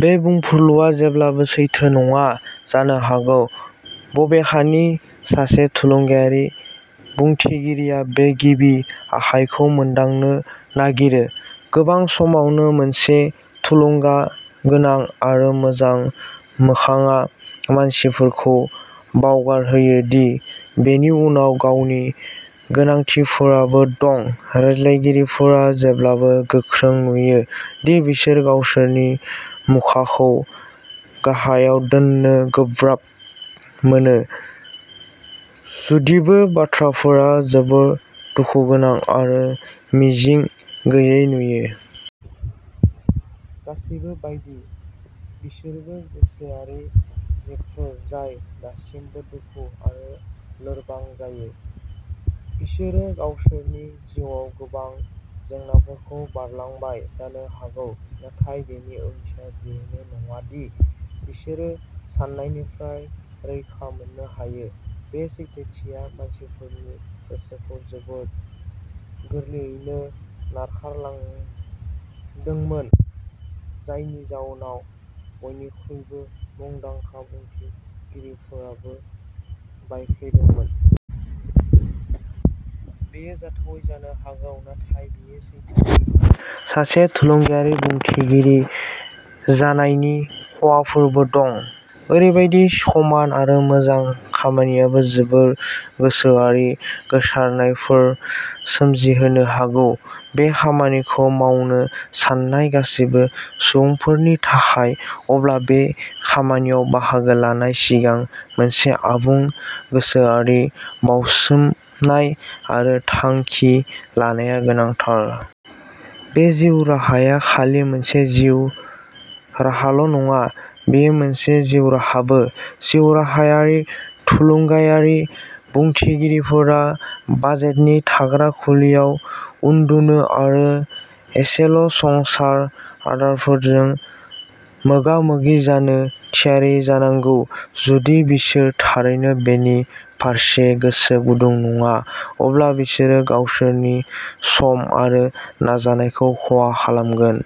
"-बे बुंफुरलुआ जेब्लाबो सैथो नङा जानो हागौ। बबेखानि, सासे थुलुंगायारि बुंथिगिरिया बे गिबि आखायखौ मोनदांनो नागिरो। गोबां समावनो, मोनसे थुलुंगागोनां आरो मोजां मोखांआ मानसिफोरखौ बावगारहोयो दि बेनि उनाव गावनि गोनांथिफोरबो दं। रायज्लायगिरिफोरा जेब्लाबो गोख्रों नुयो दि बिसोर गावसोरनि मुखाखौ गाहायाव दोन्नो गोब्राब मोनो, जुदिबो बाथ्राफोरा जोबोद दुखुगोनां आरो मिजिं गैयै नुयो। गासैबो बायदि, बिसोरबो गोसोआरि जिबफोर जाय दासिमबो दुखु आरो लोरबां जायो। बिसोरो गावसोरनि जिउआव गोबां जेंनाफोरखौ बारलांबाय जानो हागौ, नाथाय बेनि ओंथिया बेनो नङा दि बिसोरो सानायनिफ्राय रैखा मोननो हायो। बे सैथोथिया मानसिफोरनि गोसोखौ जोबोद गोरलैयैनो नारख्लायदोंमोन, जायनि जाउनाव बयनिख्रुइबो मुंदांखा बिबुंथिगिरिफोराबो बायफ्लेदोंमोन। बेयो जाथावै जानो हागौ नाथाय बेयो सैथो दि सासे थुलुंगायारि बिबुंथिगिरि जानायनि खहाफोरबो दं। ओरैबायदि समायना आरो मोजां खामानियाबो जोबोद गोसोआरि गोसारनायफोर सोमजिहोनो हागौ। बे खामानिखौ मावनो सान्नाय गासैबो सुबुंफोरनि थाखाय, अब्ला बे खामानियाव बाहागो लानायनि सिगां मोनसे आबुं गोसोआरि बाउसोमनाय आरो थांखि लानाया गोनांथार। बे जिउ राहाया खालि मोनसे जिउ राहाल'नङा, बेयो मोनसे जिउ राहाबो। जिउराहायारि थुलुंगायारि बिबुंथिगिरिफोरा बाजेटनि थाग्रा खुलियाव उन्दुनो आरो एसेल'संनाय आदारफोरजों मोगा-मोगि जानो थियारि जानांगौ। जुदि बिसोर थारैनो बेनि फारसे गोसो गुदुं नङा, अब्ला बिसोरो गावसोरनि सम आरो नाजानायखौ खहा खालामगोन।